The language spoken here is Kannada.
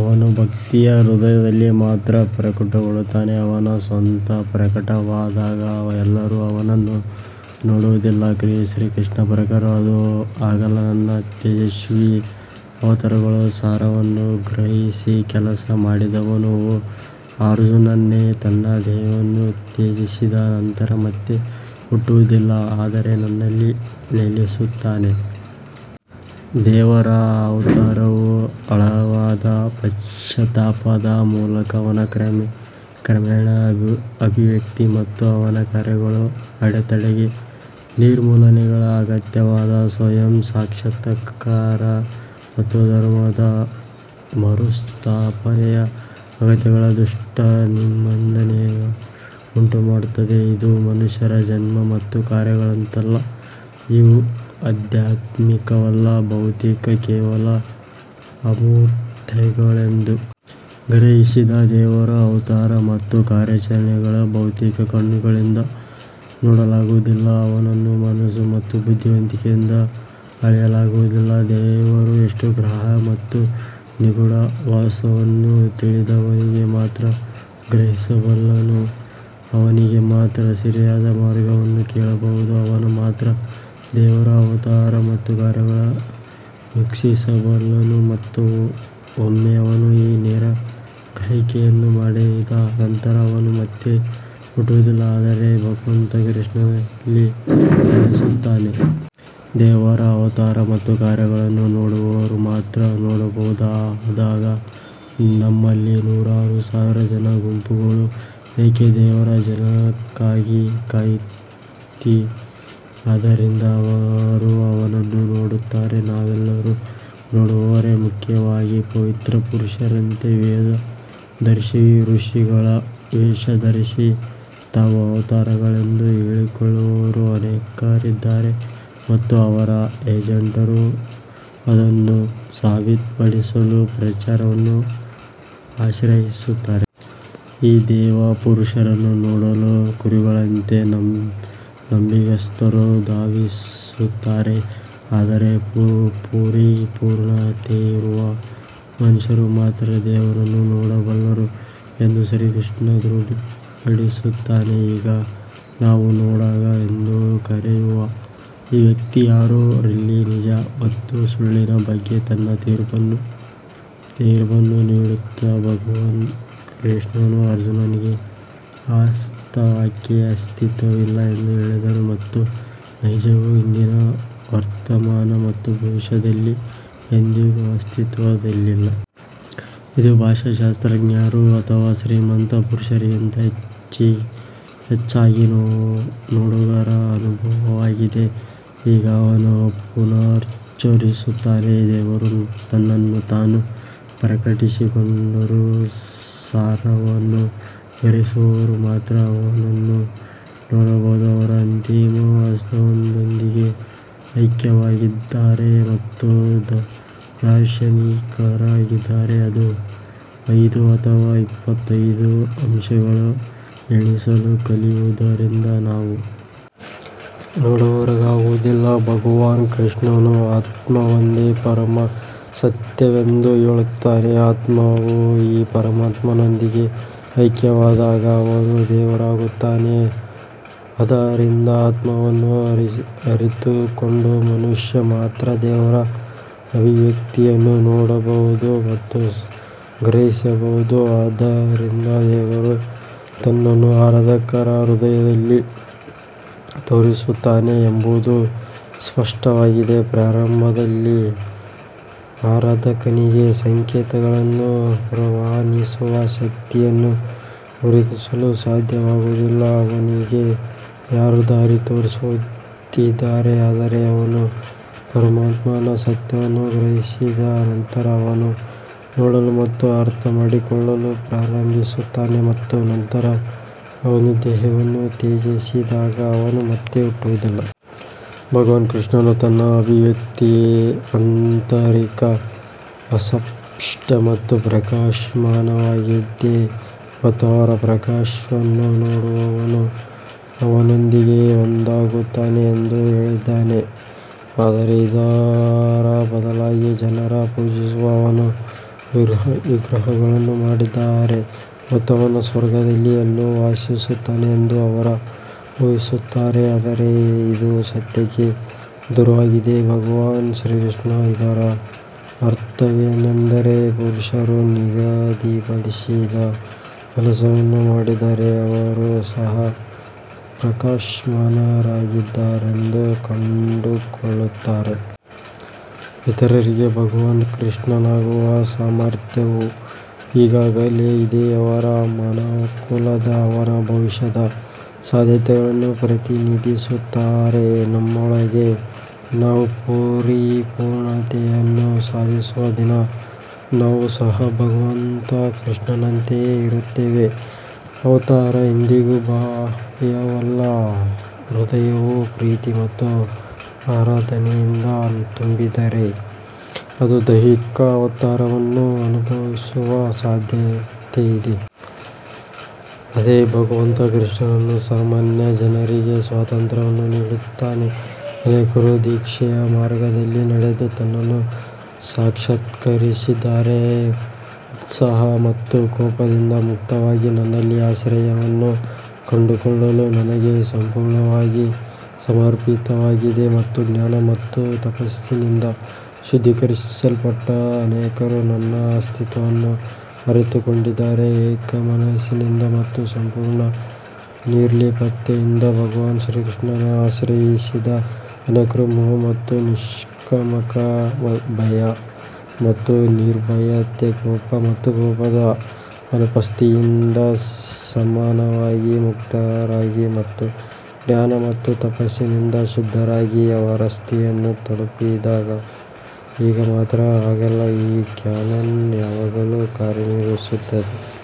ಅವನು ಭಕ್ತರ ಹೃದಯದಲ್ಲಿ ಮಾತ್ರ ಪ್ರಕಟಗೊಳ್ಳುತ್ತಾನೆ ಅವನು ಸ್ವತಃ ಪ್ರಕಟವಾದಾಗ ಎಲ್ಲರೂ ಅವನನ್ನು ನೋಡುವುದಿಲ್ಲ ಶ್ರೀಕೃಷ್ಣನ ಪ್ರಕಾರ ಅದು ಹಾಗಲ್ಲ ನನ್ನ ತೇಜಸ್ವಿ ಅವತಾರಗಳ ಸಾರವನ್ನು ಗ್ರಹಿಸಿ ಕೆಲಸ ಮಾಡಿದವನು ಓ ಅರ್ಜುನನೇ ತನ್ನ ದೇಹವನ್ನು ತ್ಯಜಿಸಿದ ನಂತರ ಮತ್ತೆ ಹುಟ್ಟುವುದಿಲ್ಲ ಆದರೆ ನನ್ನಲ್ಲಿ ನೆಲೆಸುತ್ತಾನೆ. ದೇವರ ಅವತಾರವು ಆಳವಾದ ಪಶ್ಚಾತ್ತಾಪದ ಮೂಲಕ ಅವನ ಕ್ರಮೇಣ ಅಭಿವ್ಯಕ್ತಿ ಮತ್ತು ಅವನ ಕಾರ್ಯಗಳು ಅಡೆತಡೆಗಳ ನಿರ್ಮೂಲನೆಗೆ ಅಗತ್ಯವಾದ ಸ್ವಯಂ ಸಾಕ್ಷಾತ್ಕಾರ ಮತ್ತು ಧರ್ಮದ ಮರುಸ್ಥಾಪನೆಯ ಅಗತ್ಯಗಳ ದುಷ್ಟ ನಿಬಂಧನೆಯನ್ನು ಉಂಟುಮಾಡುತ್ತದೆ, ಇದು ಮನುಷ್ಯರ ಜನ್ಮ ಮತ್ತು ಕಾರ್ಯಗಳಂತಲ್ಲ. ಇವು ಅಧ್ಯಾತ್ಮಿಕವಲ್ಲ ಭೌತಿಕ ಕೇವಲ ಅಮೂರ್ತತೆಗಳೆಂದು ಗ್ರಹಿಸಿದ ದೇವರ ಅವತಾರ ಮತ್ತು ಕಾರ್ಯಾಚರಣೆಗಳನ್ನು ಭೌತಿಕ ಕಣ್ಣುಗಳಿಂದ ನೋಡಲಾಗುವುದಿಲ್ಲ ಅವನನ್ನು ಮನಸ್ಸು ಮತ್ತು ಬುದ್ಧಿವಂತಿಕೆಯಿಂದ ಅಳೆಯಲಾಗುವುದಿಲ್ಲ ದೇವರು ಎಷ್ಟು ಅಗ್ರಾಹ್ಯ ಮತ್ತು ನಿಗೂಢ, ವಾಸ್ತವವನ್ನು ತಿಳಿದವನಿಗೆ ಮಾತ್ರ ಗ್ರಹಿಸಬಲ್ಲನು ಅವನಿಗೆ ಮಾತ್ರ ಸರಿಯಾದ ಮಾರ್ಗವನ್ನು ಕೇಳಬಹುದು ಅವನು ಮಾತ್ರ ದೇವರ ಅವತಾರ ಮತ್ತು ಕಾರ್ಯಗಳನ್ನು ವೀಕ್ಷಿಸಬಲ್ಲನು ಮತ್ತು ಒಮ್ಮೆ ಅವನು ಈ ನೇರ ಗ್ರಹಿಕೆಯನ್ನು ಮಾಡಿದ ನಂತರ ಅವನು ಮತ್ತೆ ಹುಟ್ಟುವುದಿಲ್ಲ ಆದರೆ ಭಗವಂತ ಕೃಷ್ಣನಲ್ಲಿ ನೆಲೆಸುತ್ತಾನೆ. ದೇವರ ಅವತಾರ ಮತ್ತು ಕಾರ್ಯಗಳನ್ನು ನೋಡುವವರು ಮಾತ್ರ ನೋಡಬಹುದಾದಾಗ, ನಮ್ಮಲ್ಲಿ ನೂರಾರು ಸಾವಿರ ಜನರ ಗುಂಪುಗಳು ಏಕೆ ದೇವರ ಜನನಕ್ಕಾಗಿ ಕಾಯುತ್ತಿವೆ, ಆದ್ದರಿಂದ ಅವರು ಅವನನ್ನು ನೋಡುತ್ತಾರೆ ನಾವೆಲ್ಲರೂ ನೋಡುವವರೇ ಮುಖ್ಯವಾಗಿ ಪವಿತ್ರ ಪುರುಷರಂತೆ ವೇಷ ಧರಿಸಿ ಋಷಿಗಳ ವೇಷ ಧರಿಸಿ ತಾವು ಅವತಾರಗಳೆಂದು ಹೇಳಿಕೊಳ್ಳುವವರು ಅನೇಕರಿದ್ದಾರೆ ಮತ್ತು ಅವರ ಏಜೆಂಟರು ಅದನ್ನು ಸಾಬೀತುಪಡಿಸಲು ಪ್ರಚಾರವನ್ನು ಆಶ್ರಯಿಸುತ್ತಾರೆ. ಈ ದೇವ ಪುರುಷರನ್ನು ನೋಡಲು ಕುರಿಗಳಂತೆ ನಂಬಿಗಸ್ತರು ಧಾವಿಸುತ್ತಾರೆ ಆದರೆ ಪರಿಪೂರ್ಣತೆಯಿರುವ ಮನುಷ್ಯರು ಮಾತ್ರ ದೇವರನ್ನು ನೋಡಬಲ್ಲರು ಎಂದು ಶ್ರೀಕೃಷ್ಣನು ದೃಢಪಡಿಸುತ್ತಾನೆ. ಈಗ ನಾವು ನೋಡುಗ ಎಂದು ಕರೆಯುವ ಈ ವ್ಯಕ್ತಿ ಯಾರು ರಲ್ಲಿ ನಿಜ ಮತ್ತು ಸುಳ್ಳಿನ ಬಗ್ಗೆ ತನ್ನ ತೀರ್ಪನ್ನು ನೀಡುತ್ತಾ ಭಗವಾನ್ ಕೃಷ್ಣನು ಅರ್ಜುನನಿಗೆ ಅವಾಸ್ತವಕ್ಕೆ ಅಸ್ತಿತ್ವವಿಲ್ಲ ಎಂದು ಹೇಳಿದನು ಮತ್ತು ನೈಜವು ಹಿಂದಿನ ವರ್ತಮಾನ ಮತ್ತು ಭವಿಷ್ಯದಲ್ಲಿ ಎಂದಿಗೂ ಅಸ್ತಿತ್ವದಲ್ಲಿಲ್ಲ. ಇದು ಭಾಷಾಶಾಸ್ತ್ರಜ್ಞರು ಅಥವಾ ಶ್ರೀಮಂತ ಪುರುಷರಿಗಿಂತ ಹೆಚ್ಚಾಗಿ ನೋಡುಗರ ಅನುಭವವಾಗಿದೆ ಈಗ ಅವನು ಪುನರುಚ್ಚರಿಸುತ್ತಾನೆ, ದೇವರು ತನ್ನನ್ನು ತಾನು ಪ್ರಕಟಿಸಿಕೊಂಡರೂ, ಸಾರವನ್ನು ಗ್ರಹಿಸುವವರು ಮಾತ್ರ ಅವನನ್ನು ನೋಡಬಹುದು ಅವರು ಅಂತಿಮ ವಾಸ್ತವದೊಂದಿಗೆ ಐಕ್ಯವಾಗಿದ್ದಾರೆ ಮತ್ತು ದಾರ್ಶನಿಕರಾಗಿದ್ದಾರೆ ಐದು ಅಥವಾ ಇಪ್ಪತ್ತೈದು ಅಂಶಗಳನ್ನು ಎಣಿಸಲು ಕಲಿಯುವುದರಿಂದ ನಾವು ನೋಡುವವರಾಗುವುದಿಲ್ಲ ಭಗವಾನ್ ಕೃಷ್ಣನು ಆತ್ಮವೊಂದೇ ಪರಮ ಸತ್ಯವೆಂದು ಹೇಳುತ್ತಾನೆ ಆತ್ಮವು ಈ ಪರಮಾತ್ಮನೊಂದಿಗೆ ಐಕ್ಯವಾದಾಗ ಅವನೂ ದೇವರಾಗುತ್ತಾನೆ ಆದ್ದರಿಂದ ಆತ್ಮವನ್ನು ಅರಿತುಕೊಂಡ ಮನುಷ್ಯ ಮಾತ್ರ ದೇವರ ಅಭಿವ್ಯಕ್ತಿಯನ್ನು ನೋಡಬಹುದು ಮತ್ತು ಗ್ರಹಿಸಬಹುದು ಆದ್ದರಿಂದ ದೇವರು ತನ್ನನ್ನು ಆರಾಧಕರ ಹೃದಯದಲ್ಲಿ ತೋರಿಸುತ್ತಾನೆ ಎಂಬುದು ಸ್ಪಷ್ಟವಾಗಿದೆ ಪ್ರಾರಂಭದಲ್ಲಿ ಆರಾಧಕನಿಗೆ ಸಂಕೇತಗಳನ್ನು ರವಾನಿಸುವ ಶಕ್ತಿಯನ್ನು ಗುರುತಿಸಲು ಸಾಧ್ಯವಾಗುವುದಿಲ್ಲ ಅವನಿಗೆ ಯಾರು ದಾರಿ ತೋರಿಸುತ್ತಿದ್ದಾರೆ ಆದರೆ ಅವನು ಪರಮಾತ್ಮನ ಸತ್ಯವನ್ನು ಗ್ರಹಿಸಿದ ನಂತರ ಅವನು ನೋಡಲು ಮತ್ತು ಅರ್ಥಮಾಡಿಕೊಳ್ಳಲು ಪ್ರಾರಂಭಿಸುತ್ತಾನೆ ಮತ್ತು ನಂತರ ಅವನು ದೇಹವನ್ನು ತ್ಯಜಿಸಿದಾಗ ಅವನು ಮತ್ತೆ ಹುಟ್ಟುವುದಿಲ್ಲ. ಭಗವಾನ್ ಕೃಷ್ಣನು ತನ್ನ ಅಭಿವ್ಯಕ್ತಿ ಆಂತರಿಕ ಅಸ್ಪಷ್ಟ ಮತ್ತು ಪ್ರಕಾಶಮಾನವಾಗಿದೆ ಮತ್ತು ಅವನ ಪ್ರಕಾಶವನ್ನು ನೋಡುವವನು ಅವನೊಂದಿಗೆ ಒಂದಾಗುತ್ತಾನೆ ಎಂದು ಹೇಳಿದ್ದಾನೆ. ಆದರೆ ಇದರ ಬದಲಾಗಿ ಜನರು ಪೂಜಿಸುವ ಅವನ ವಿಗ್ರಹಗಳನ್ನು ಮಾಡಿದ್ದಾರೆ ಮತ್ತು ಅವನು ಸ್ವರ್ಗದಲ್ಲಿ ಎಲ್ಲೋ ವಾಸಿಸುತ್ತಾನೆ ಎಂದು ಅವರು ಊಹಿಸುತ್ತಾರೆ. ಆದರೆ ಇದು ಸತ್ಯಕ್ಕೆ ದೂರವಾಗಿದೆ ಭಗವಾನ್ ಶ್ರೀಕೃಷ್ಣನು ಇದರ ಅರ್ಥವೇನೆಂದರೆ, ಪುರುಷರು ನಿಗದಿಪಡಿಸಿದ ಕೆಲಸವನ್ನು ಮಾಡಿದರೆ ಅವರು ಸಹ ಪ್ರಕಾಶಮಾನರಾಗಿದ್ದಾರೆಂದು ಕಂಡುಕೊಳ್ಳುತ್ತಾರೆ. ಇತರರಿಗೆ ಭಗವಾನ್ ಕೃಷ್ಣನಾಗುವ ಸಾಮರ್ಥ್ಯವು ಈಗಾಗಲೇ ಇದೆ ಅವರು ಮಾನವಕುಲದ ಅವರ ಭವಿಷ್ಯದ ಸಾಧ್ಯತೆಗಳನ್ನು ಪ್ರತಿನಿಧಿಸುತ್ತಾರೆ ನಮ್ಮೊಳಗೆ ನಾವು ಪರಿಪೂರ್ಣತೆಯನ್ನು ಸಾಧಿಸುವ ದಿನ ನಾವು ಸಹ ಭಗವಂತ ಕೃಷ್ಣನಂತೆಯೇ ಇರುತ್ತೇವೆ. ಅವತಾರ ಎಂದಿಗೂ ಬಾಹ್ಯವಲ್ಲ ಹೃದಯವು ಪ್ರೀತಿ ಮತ್ತು ಆರಾಧನೆಯಿಂದ ತುಂಬಿದ್ದರೆ ಅದು ದೈವಿಕ ಅವತಾರವನ್ನು ಅನುಭವಿಸುವ ಸಾಧ್ಯತೆಯಿದೆ. ಅದೇ ಭಗವಂತ ಶ್ರೀಕೃಷ್ಣನು ಸಾಮಾನ್ಯ ಜನರಿಗೆ ಸಾಂತ್ವನವನ್ನು ನೀಡುತ್ತಾನೆ ಅನೇಕರು ದೀಕ್ಷೆಯ ಮಾರ್ಗದಲ್ಲಿ ನಡೆದು ತನ್ನನ್ನು ಸಾಕ್ಷಾತ್ಕರಿಸಿದ್ದಾರೆ. ಉತ್ಸಾಹ ಮತ್ತು ಕೋಪದಿಂದ ಮುಕ್ತವಾಗಿ ನನ್ನಲ್ಲಿ ಆಶ್ರಯವನ್ನು ಕಂಡುಕೊಳ್ಳಲು ನನಗೆ ಸಂಪೂರ್ಣವಾಗಿ ಸಮರ್ಪಿತವಾಗಿದೆ ಮತ್ತು ಜ್ಞಾನ ಮತ್ತು ತಪಸ್ಸಿನಿಂದ ಶುದ್ಧೀಕರಿಸಲ್ಪಟ್ಟ ಅನೇಕರು ನನ್ನ ಅಸ್ತಿತ್ವವನ್ನು ಅರಿತುಕೊಂಡಿದ್ದಾರೆ. ಏಕಮನಸ್ಸಿನಿಂದ ಮತ್ತು ಸಂಪೂರ್ಣ ನಿರ್ಲಿಪ್ತತೆಯಿಂದ ಭಗವಾನ್ ಶ್ರೀಕೃಷ್ಣನನ್ನು ಆಶ್ರಯಿಸಿದ ಅನೇಕರು ಮೋಹ ಮತ್ತು ನಿಷ್ಕಾಮ ಭಯ ಮತ್ತು ನಿರ್ಭಯತೆ ಕೋಪ ಮತ್ತು ಕೋಪದ ಅನುಪಸ್ಥಿತಿಯಿಂದ ಸಮಾನವಾಗಿ ಮುಕ್ತರಾಗಿ ಮತ್ತು ಜ್ಞಾನ ಮತ್ತು ತಪಸ್ಸಿನಿಂದ ಶುದ್ಧರಾಗಿ ಅವರ ಸ್ಥಿತಿಯನ್ನು ತಲುಪಿದ್ದಾರೆ. ಈಗ ಮಾತ್ರ ಹಾಗಲ್ಲ ಈ ಕ್ಯಾನನ್ ಯಾವಾಗಲೂ ಕಾರ್ಯನಿರ್ವಹಿಸುತ್ತಿದೆ.